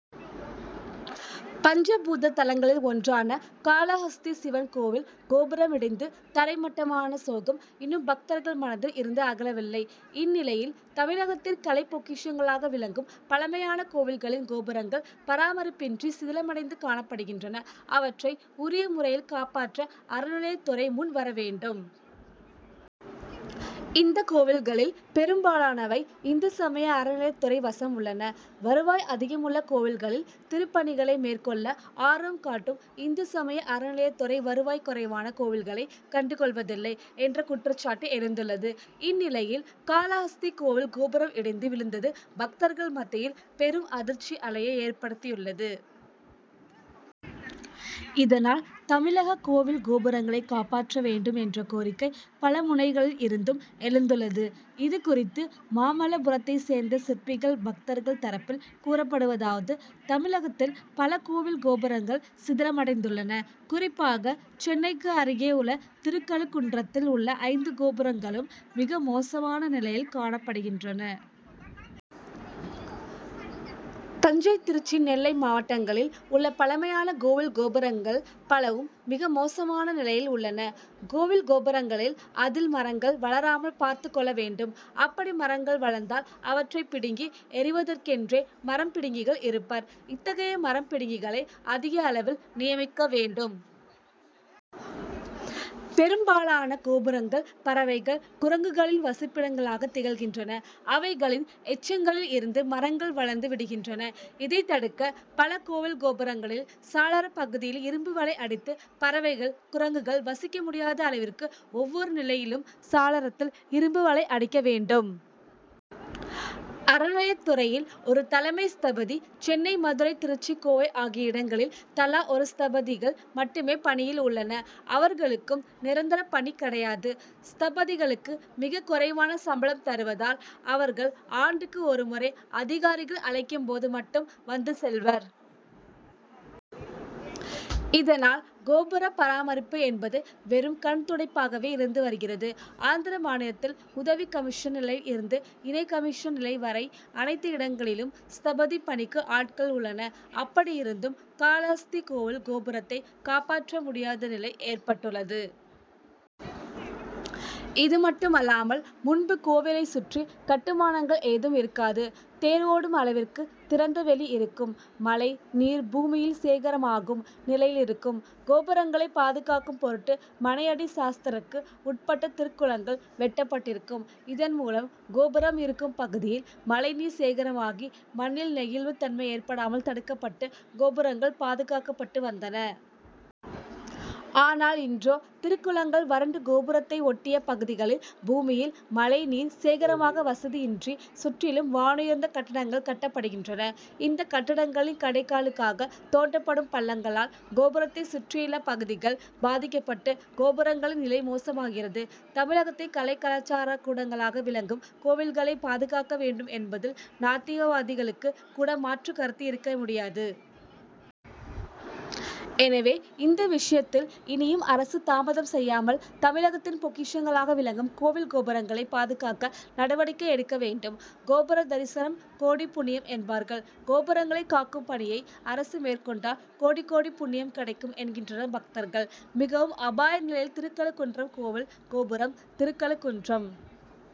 பஞ்ச பூத தலங்களில் ஒன்றான காளஹஸ்தி சிவன் கோவில் கோபுரம் இடிந்து தரை மட்டமான சோகம் இன்னும் பக்தர்கள் மனதில் இருந்து அகலவில்லை. இந்நிலையில் தமிழகத்தின் கலை பொக்கிஷங்களாக விளங்கும் பழமையான கோவில்களின் கோபுரங்கள் பராமரிப்பின்றி சிதிலமடைந்து காணப்படுகின்றன. அவற்றை உரிய முறையில் காப்பாற்ற அறநிலையத்துறை முன் வரவேண்டும். இந்த கோவில்களில் பெரும்பாலானவை இந்து சமய அறநிலையத்துறை வசம் உள்ளன. வருவாய் அதிகமுள்ள கோவில்களில் திருப்பணிகளை மேற்கொள்ள ஆர்வம் காட்டும் இந்து சமய அறநிலையத்துறை வருவாய் குறைவான கோவில்களை கண்டு கொள்வதில்லை என்ற குற்றச்சாட்டு எழுந்துள்ளது. இந்நிலையில் காளஹஸ்தி கோவில் கோபுரம் இடிந்து விழுந்தது பக்தர்கள் மத்தியில் பெரும் அதிர்ச்சி அலையை ஏற்படுத்தியுள்ளது. இதனால் தமிழக கோவில் கோபுரங்களை காப்பாற்ற வேண்டும் என்ற கோரிக்கை பல முனைகளில் இருந்தும் எழுந்துள்ளது. இது குறித்து மாமல்லபுரத்தை சேர்ந்த சிற்பிகள் பக்தர்கள் தரப்பில் கூறப்படுவதாவது: தமிழகத்தில் பல கோவில் கோபுரங்கள் சிதலமடைந்துள்ளன. குறிப்பாக சென்னைக்கு அருகே உள்ள திருக்கழுக்குன்றத்தில் உள்ள ஐந்து கோபுரங்களும் மிக மோசமான நிலையில் காணப்படுகின்றன. தஞ்சை திருச்சி நெல்லை மாவட்டங்களில் உள்ள பழமையான கோவில் கோபுரங்கள் பலவும் மிக மோசமான நிலையில் உள்ளன. கோவில் கோபுரங்களில் அதில் மரங்கள் வளராமல் பார்த்துக் கொள்ள வேண்டும். அப்படி மரங்கள் வளர்ந்தால் அவற்றை பிடுங்கி எறிவதெற்கென்றே மரம் பிடுங்கிகள்' இருப்பர். இத்தகைய மரம் பிடிங்கிகளை' அதிக அளவில் நியமிக்க வேண்டும். பெரும்பாலான கோபுரங்கள் பறவைகள் குரங்குகளின் வசிப்பிடங்களாக திகழ்கின்றன. அவைகளின் எச்சங்களில் இருந்து மரங்கள் வளர்ந்து விடுகின்றன. இதை தடுக்க பல கோவில் கோபுரங்களில் சாளரப் பகுதியில் இரும்பு வலை அடித்து பறவைகள் குரங்குகள் வசிக்க முடியாத அளவிற்கு ஒவ்வொரு நிலையிலும் சாளரத்தில் இரும்பு வலை அடிக்க வேண்டும். அறநிலையத்துறையில் ஒரு தலைமை ஸ்தபதி சென்னை மதுரை திருச்சி கோவை ஆகிய இடங்களில் தலா ஒரு ஸ்தபதிகள் மட்டுமே பணியில் உள்ளனர். அவர்களுக்கும் நிரந்தர பணி கிடையாது. ஸ்தபதிகளுக்கு மிக குறைவான சம்பளம் தருவதால் அவர்கள் ஆண்டுக்கு ஒரு முறை அதிகாரிகள் அழைக்கும் போது மட்டும் வந்து செல்வர். இதனால் கோபுர பராமரிப்பு என்பது வெறும் கண்துடைப்பாகவே இருந்து வருகிறது. ஆந்திர மாநிலத்தில் உதவி கமிஷனர் நிலையில் இருந்து இணை கமிஷனர் நிலை வரை அனைத்து இடங்களிலும் ஸ்தபதி பணிக்கு ஆட்கள் உள்ளனர். அப்படி இருந்தும் காளஹஸ்தி கோவில் கோபுரத்தை காப்பாற்ற முடியாத நிலை ஏற்பட்டுள்ளது. இது மட்டுமல்லாமல் முன்பு கோவிலை சுற்றி கட்டுமானங்கள் ஏதும் இருக்காது. தேர் ஓடும் அளவிற்கு திறந்த வெளி இருக்கும். மழை நீர் பூமியில் சேகரமாகும் நிலையில் இருக்கும். கோபுரங்களை பாதுகாக்கும் பொருட்டு மனையடி சாஸ்திரத்திற்கு உட்பட்டு திருக்குளங்கள் வெட்டப்பட்டிருக்கும். இதன் மூலம் கோபுரம் இருக்கும் பகுதியில் மழை நீர் சேகரமாகி மண்ணில் நெகிழ்வு தன்மை ஏற்படாமல் தடுக்கப்பட்டு கோபுரங்கள் பாதுகாக்கப்பட்டு வந்தன. ஆனால் இன்றோ திருக்குளங்கள் வறண்டு கோபுரத்தை ஒட்டிய பகுதிகளில் பூமியில் மழை நீர் சேகரமாக வசதியின்றி சுற்றிலும் வானூயர்ந்த கட்டடங்கள் கட்டப்படுகின்றன. இந்த கட்டடங்களின் கடைக்காலுக்காக தோண்டப்படும் பள்ளங்களால் கோபுரத்தை சுற்றியுள்ள பகுதிகள் பாதிக்கப்பட்டு கோபுரங்களின் நிலை மோசமாகிறது. தமிழகத்தின் கலை கலாசார கூடங்களாக விளங்கும் கோவில்களை பாதுகாக்க வேண்டும் என்பதில் நாத்திகவாதிகளுக்கு கூட மாற்று கருத்து இருக்க முடியாது. எனவே இந்த விஷயத்தில் இனியும் அரசு தாமதம் செய்யாமல் தமிழகத்தின் பொக்கிஷங்களாக விளங்கும் கோவில் கோபுரங்களை பாதுகாக்க நடவடிக்கை எடுக்க வேண்டும். கோபுர தரிசனம்; கோடி புண்ணியம்' என்பார்கள். கோபுரங்களை காக்கும் பணியை அரசு மேற்கொண்டால் கோடி கோடி புண்ணியம் கிடைக்கும் என்கின்றனர் பக்தர்கள். மிகவும் அபாய நிலையில் திருக்கழுக்குன்றம் கோவில் கோபுரம்: திருக்கழுக்குன்றம்